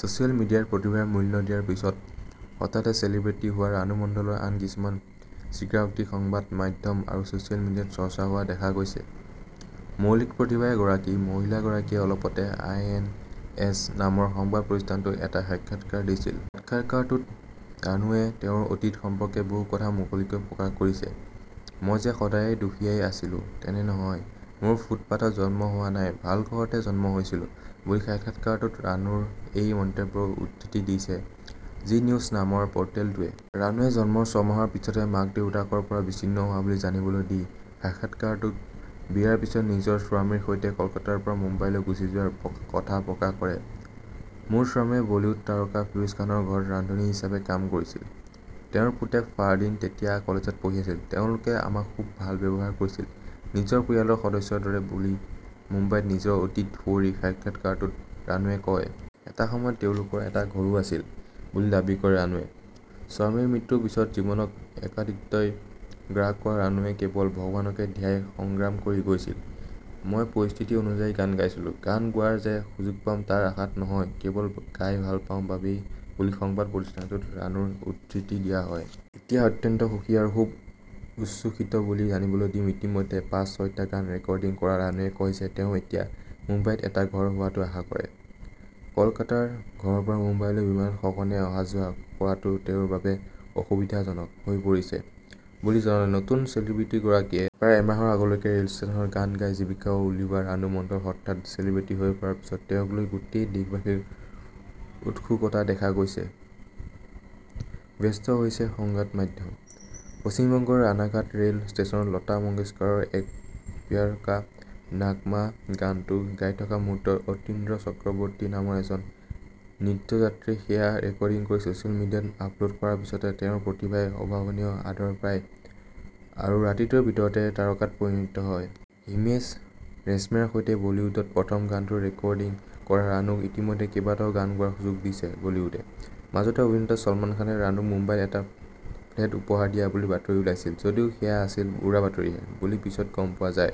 Social মিডিয়াই প্ৰতিভাৰ মূল্য দিয়াৰ পিছত হঠাতে চেলিব্ৰেটি হোৱা ৰাণু মণ্ডলৰ আন কিছুমান স্বীকাৰোক্তি সংবাদ মাধ্যম আৰু ছচিয়েল মিডিয়াত চৰ্চা হোৱা দেখা গৈছে। মৌলিক প্ৰতিভাৰ গৰাকী মহিলাগৰাকীয়ে অলপতে আই এ এন এছ নামৰ সংবাদ প্ৰতিষ্ঠানটোত এটা সাক্ষাৎকাৰ দিছিল। সাক্ষাৎকাৰটোত ৰাণুৱে তেওঁৰ অতীত সম্পৰ্কে বহু কথা মুকলিকৈ প্ৰকাশ কৰিছে। মই যে সদায়ে দুখীয়াই আছিলো তেনে নহয়, মোৰ ফুটপাথত জন্ম হোৱা নাই, ভাল ঘৰতে জন্ম হৈছিলো বুলি সাক্ষাৎকাৰটোত ৰাণুৰ এই মন্তব্যৰ উদ্ধৃতি দিছে জী নিউজ নামৰ পৰ্টেলটোৱে। ৰাণুৱে জন্মৰ ছমাহৰ পিছতে মাক দেউতাকৰ পৰা বিচ্ছিন্ন হোৱা বুলি জানিবলৈ দি সাক্ষাৎকাৰটোত বিয়াৰ পিছতে নিজৰ স্বামীৰ সৈতে কলকাতাৰ পৰা মুম্বাইলৈ গুচি যোৱাৰ কথা প্ৰকাশ কৰে। মোৰ স্বামীয়ে বলিউড তাৰকা ফিৰোজ খানৰ ঘৰত ৰান্ধনী হিচাপে কাম কৰিছিল, তেওঁৰ পুতেক ফাৰদীন তেতিয়া কলেজত পঢ়ি আছিল, তেওঁলোকে আমাক খুব ভাল ব্যৱহাৰ কৰিছিল নিজৰ পৰিয়ালৰ সদস্যৰ দৰে বুলি মুম্বাইত নিজৰ অতীত সুঁৱৰি সাক্ষাৎকাৰটোত ৰাণুৱে কয়। এটা সময়ত তেওঁলোকৰ এটা ঘৰো আছিল বুলি দাবী কৰে ৰাণুৱে। স্বামীৰ মৃত্যুৰ পিছত জীৱনক একাকীত্বই গ্ৰাস কৰা ৰাণুৱে কেৱল ভগৱানকে ধিয়াই সংগ্ৰাম কৰি গৈছিল। মই পৰিস্থিতি অনুযায়ী গান গাইছিলো, গান গোৱাৰ যে সুযোগ পাম তাৰ আশাত নহয় কেৱল গাই ভাল পাওঁ বাবেই বুলি সংবাদ প্ৰতিষ্ঠানটোত ৰাণুৰ উদ্ধৃতি দিয়া হয়। এতিয়া অত্যন্ত সুখী আৰু খুব উচ্ছ্বসিত বুলি জানিবলৈ দি ইতিমধ্যে পাঁচ ছয়টা গান ৰেকৰ্ডিং কৰা ৰাণুৱে কয় যে তেওঁ এতিয়া মুম্বাইত এটা ঘৰ হোৱাটো আশা কৰে। কলকাতাৰ ঘৰৰ পৰা মুম্বাইলৈ বিমানত সঘনে অহাযোৱা কৰাটো তেওঁৰ বাবে অসুবিধাজনক হৈ পৰিছে বুলি জনালে নতুন চেলিব্ৰেটিগৰাকীয়ে। প্ৰায় এমাহৰ আগলৈকে ৰেল ষ্টেচনত গান গাই জীৱিকা উলিওৱা ৰাণু মণ্ডল হঠাৎ চেলিব্ৰেটি হৈ পৰাৰ পিছত তেওঁক লৈ গোটেই দেশবাসীৰ উৎসুকতা দেখা গৈছে, ব্যস্ত হৈছে সংবাদ মাধ্যম। পশ্চিমবংগৰ ৰাণাঘাট ৰেল ষ্টেচনত লতা মংগেশকাৰৰ এক প্যাৰ কা নাগমা গানটো গাই থকা মুহূৰ্তত অতীন্দ্ৰ চক্ৰৱৰ্তী নামৰ এজন নিত্যযাত্ৰীয়ে সেয়া ৰেকৰ্ডিং কৰি ছচিয়েল মিডিয়াত আপলোড কৰাৰ পিছতে তেওঁৰ প্ৰতিভাই অভাৱনীয় আদৰ পায় আৰু ৰাতিটোৰ ভিতৰতে তাৰকাত পৰিণত হয়। হিমেশ ৰেশমিয়াৰ সৈতে বলিউডত প্ৰথম গানটো ৰেকৰ্ডিং কৰা ৰাণুক ইতিমধ্যে কেইবাটাও গান গোৱাৰ সুযোগ দিছে বলিউডে। মাজতে অভিনেতা ছলমান খানে ৰাণুক মুম্বাইত এটা ফ্লেট উপহাৰ দিয়া বুলি বাতৰি ওলাইছিল যদিও সেয়া আছিল উৰাবাতৰিহে বুলি পিছত গম পোৱা যায়।